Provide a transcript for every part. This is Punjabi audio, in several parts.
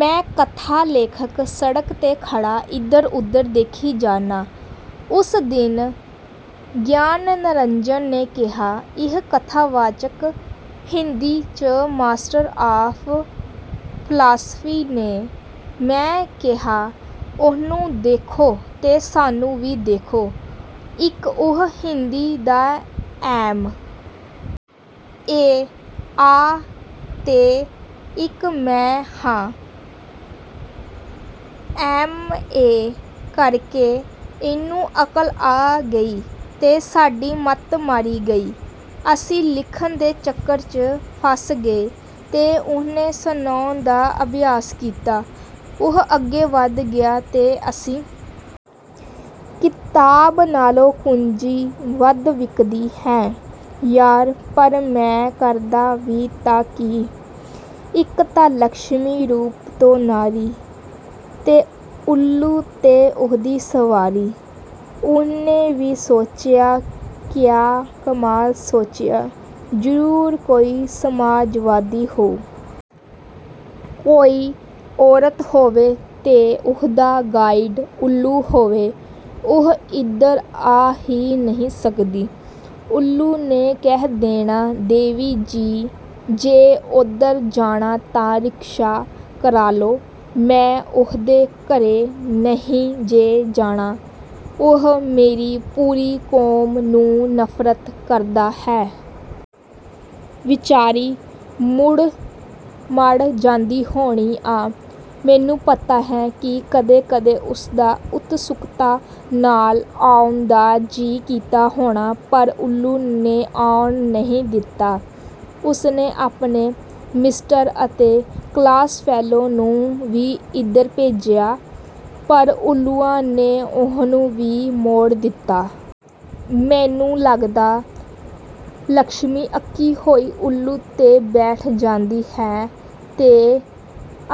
ਮੈਂ, ਕਥਾ ਲੇਖਕ, ਸੜਕ 'ਤੇ ਖੜਾ ਇਧਰ-ਉਧਰ ਦੇਖੀ ਜਾਨਾਂ। ਉਸ ਦਿਨ ਗਿਆਨਰੰਜਨ ਨੇ ਕਿਹਾ, "ਇਹ ਕਥਾਵਾਚਕ ਹਿੰਦੀ 'ਚ ਮਾਸਟਰ ਆਫ ਫਿਲਾਸਫੀ ਨੇ। " ਮੈਂ ਕਿਹਾ, "ਉਹਨੂੰ ਦੇਖੋ ਤੇ ਸਾਨੂੰ ਵੀ ਦੇਖੋ। ਇੱਕ ਉਹ ਹਿੰਦੀ ਦਾ ਐਮ. ਏ ਆ ਤੇ ਇੱਕ ਮੈਂ ਹਾਂ। ਐਮ. ਏ ਕਰਕੇ ਉਹਨੂੰ ਅਕਲ ਆ ਗਈ ਤੇ ਸਾਡੀ ਮੱਤ ਮਾਰੀ ਗਈ। ਅਸੀਂ ਲਿਖਣ ਦੇ ਚੱਕਰ 'ਚ ਫਸ ਗਏ ਤੇ ਉਹਨੇ ਸੁਣਾਉਣ ਦਾ ਅਭਿਆਸ ਕੀਤਾ। ਉਹ ਅੱਗੇ ਵਧ ਗਿਆ ਤੇ ਅਸੀਂ? ਕਿਤਾਬ ਨਾਲੋਂ ਕੁੰਜੀ ਵੱਧ ਵਿਕਦੀ ਹੈ। ਯਾਰ, ਪਰ ਮੈਂ ਕਰਦਾ ਵੀ ਤਾਂ ਕੀ? ਇੱਕ ਤਾਂ ਲੱਛਮੀ ਰੂਪ ਤੋਂ ਨਾਰੀ, ਤੇ ਉੱਲੂ ਤੇ ਉਹਦੀ ਸਵਾਰੀ। ਜਿਸਨੇ ਵੀ ਸੋਚਿਆ ਕਿਆ ਕਮਾਲ ਸੋਚਿਆ। ਜਰੂਰ ਕੋਈ ਸਮਾਜਵਾਦੀ ਹੋਊ। ਕੋਈ ਔਰਤ ਹੋਵੇ ਤੇ ਉਹਦਾ 'ਗਾਈਡ' ਉੱਲੂ ਹੋਵੇ ਉਹ ਇੱਧਰ ਆ ਹੀ ਨਹੀਂ ਸਕਦੀ। ਉੱਲੂ ਨੇ ਕਹਿ ਦੇਣਾ- 'ਦੇਵੀ ਜੀ ਜੇ ਉੱਧਰ ਜਾਣਾ ਤਾਂ ਰਿਕਸ਼ਾ ਕਰਾਲੋ। ਮੈਂ ਉਹਦੇ ਘਰੇ ਨਹੀਂ ਜੇ ਜਾਣਾ। ਉਹ ਮੇਰੀ ਪੂਰੀ ਕੌਮ ਨੂੰ ਨਫਰਤ ਕਰਦਾ ਹੈ। ' ਵਿਚਾਰੀ ਮੁੜ-ਮੜ ਜਾਂਦੀ ਹੋਣੀ ਆ। ਮੈਨੂੰ ਪਤਾ ਹੈ ਕਿ ਕਦੇ-ਕਦੇ ਉਸਦਾ ਉਤਸੁਕਤਾ ਨਾਲ਼ ਆਉਣ ਦਾ ਜੀਅ ਕੀਤਾ ਹੋਣਾ। ਪਰ ਉੱਲੂ ਨੇ ਆਉਣ ਨਹੀਂ ਦਿੱਤਾ। ਉਸਨੇ ਆਪਣੇ 'ਮਿਸਟਰ' ਤੇ 'ਕਲਾਸਫੈਲੋ' ਨੂੰ ਵੀ ਇੱਧਰ ਭੇਜਿਆ, ਪਰ ਉੱਲੂਆਂ ਨੇ ਉਹਨੂੰ ਵੀ ਮੋੜ ਦਿੱਤਾ। ਮੈਨੂੰ ਲੱਗਦਾ, ਲੱਛਮੀ ਅੱਕੀ ਹੋਈ ਉੱਲੂ ਤੇ ਬੈਠ ਜਾਂਦੀ ਹੈ ਤੇ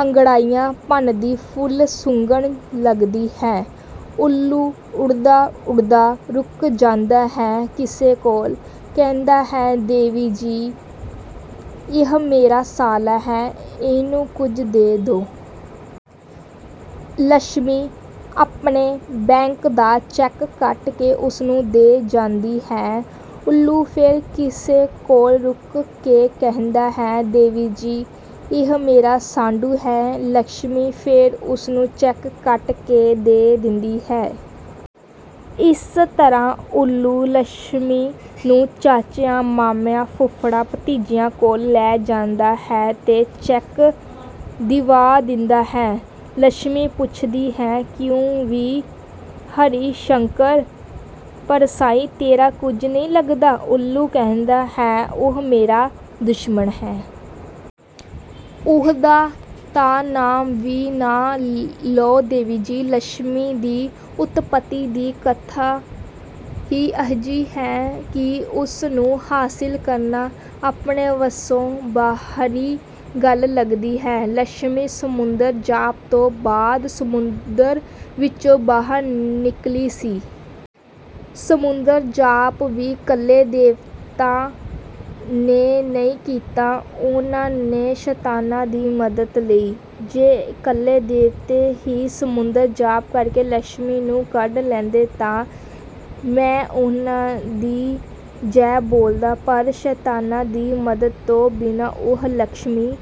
ਅੰਗੜਾਈਆਂ ਭੰਨਦੀ ਫੁੱਲ ਸੁੰਘਣ ਲੱਗਦੀ ਹੈ। ਉੱਲੂ ਉੱਡਦਾ-ਉੱਡਦਾ ਰੁਕ ਜਾਂਦਾ ਹੈ, ਕਿਸੇ ਕੋਲ। ਕਹਿੰਦਾ ਹੈ- 'ਦੇਵੀ ਜੀ, ਇਹ ਮੇਰਾ ਸਾਲਾ ਹੈ। ਇਹਨੂੰ ਕੁਛ ਦੇ ਦੋ। ' ਲੱਛਮੀ ਆਪਣੇ ਬੈਂਕ ਦਾ ਚੈੱਕ ਕੱਟ ਕੇ ਉਸਨੂੰ ਦੇ ਜਾਂਦੀ ਹੈ।। ਉੱਲੂ ਫੇਰ ਕਿਸੇ ਕੋਲ ਰੁਕ ਕੇ ਕਹਿੰਦਾ ਹੈ- ਦੇਵੀ ਜੀ, ਇਹ ਮੇਰਾ ਸਾਢੂ ਹੈ। ਲੱਛਮੀ ਫੇਰ ਉਸਨੂੰ ਚੈੱਕ ਕੱਟ ਕੇ ਦੇ ਦਿੰਦੀ ਹੈ। ਇਸ ਤਰਾਂ ਉੱਲੂ, ਲੱਛਮੀ ਨੂੰ ਚਾਚਿਆਂ, ਮਾਮਿਆਂ, ਫੁੱਫੜਾਂ, ਭਤੀਜਿਆਂ ਕੋਲ ਲੈ ਜਾਂਦਾ ਹੈ ਤੇ ਚੈਕ ਦਿਵਾ ਦਿੰਦਾ ਹੈ। ਲੱਛਮੀ ਪੁੱਛਦੀ ਹੈ, "ਕਿਉਂ ਵੀ ਹਰੀਸ਼ੰਕਰ ਪਰਸਾਈ, ਤੇਰਾ ਕੁਝ ਨੀਂ ਲੱਗਦਾ? " ਉੱਲੂ ਕਹਿੰਦਾ ਹੈ, "ਉਹ ਮੇਰਾ ਦੁਸ਼ਮਣ ਹੈ। ਉਹਦਾ ਤਾਂ ਨਾਮ ਵੀ ਨਾਂ ਲਿਉ ਦੇਵੀ ਜੀ! " ਲੱਛਮੀ ਦੀ ਉਤਪਤੀ ਦੀ ਕਥਾ ਹੀ ਅਜਿਹੀ ਹੈ ਕਿ ਉਸ ਨੂੰ ਹਾਸਿਲ ਕਰਨਾ ਆਪਣੇ ਵੱਸੋਂ ਬਾਹਰੀ ਗੱਲ ਲੱਗਦੀ ਹੈ। ਲੱਛਮੀ ਸਮੁੰਦਰ ਜਾਪ ਤੋਂ ਬਾਅਦ ਸਮੁੰਦਰ ਵਿੱਚੋਂ ਬਾਹਰ ਨਿੱਕਲੀ ਸੀ। ਸਮੁੰਦਰ ਜਾਪ ਵੀ 'ਕੱਲੇ ਦੇਵਤਾਵਾਂ ਨੇ ਨੀਂ ਕੀਤਾ। ਉਹਨਾਂ ਨੇ ਸ਼ੈਤਾਨਾਂ ਦੀ ਮਦਦ ਲਈ। ਜੇ ਇਕੱਲੇ ਦੇਵਤੇ ਹੀ ਸਮੁੰਦਰ ਜਾਪ ਕਰਕੇ ਲੱਛਮੀ ਨੂੰ ਕੱਢ ਲੈਂਦੇ, ਤਾਂ ਮੈਂ ਉਹਨਾਂ ਦੀ ਜੈ ਬੋਲਦਾ। ਪਰ 'ਸ਼ੈਤਾਨਾਂ' ਦੀ ਮਦਦ ਤੋਂ ਬਿਨਾਂ ਉਹ ਲੱਛਮੀ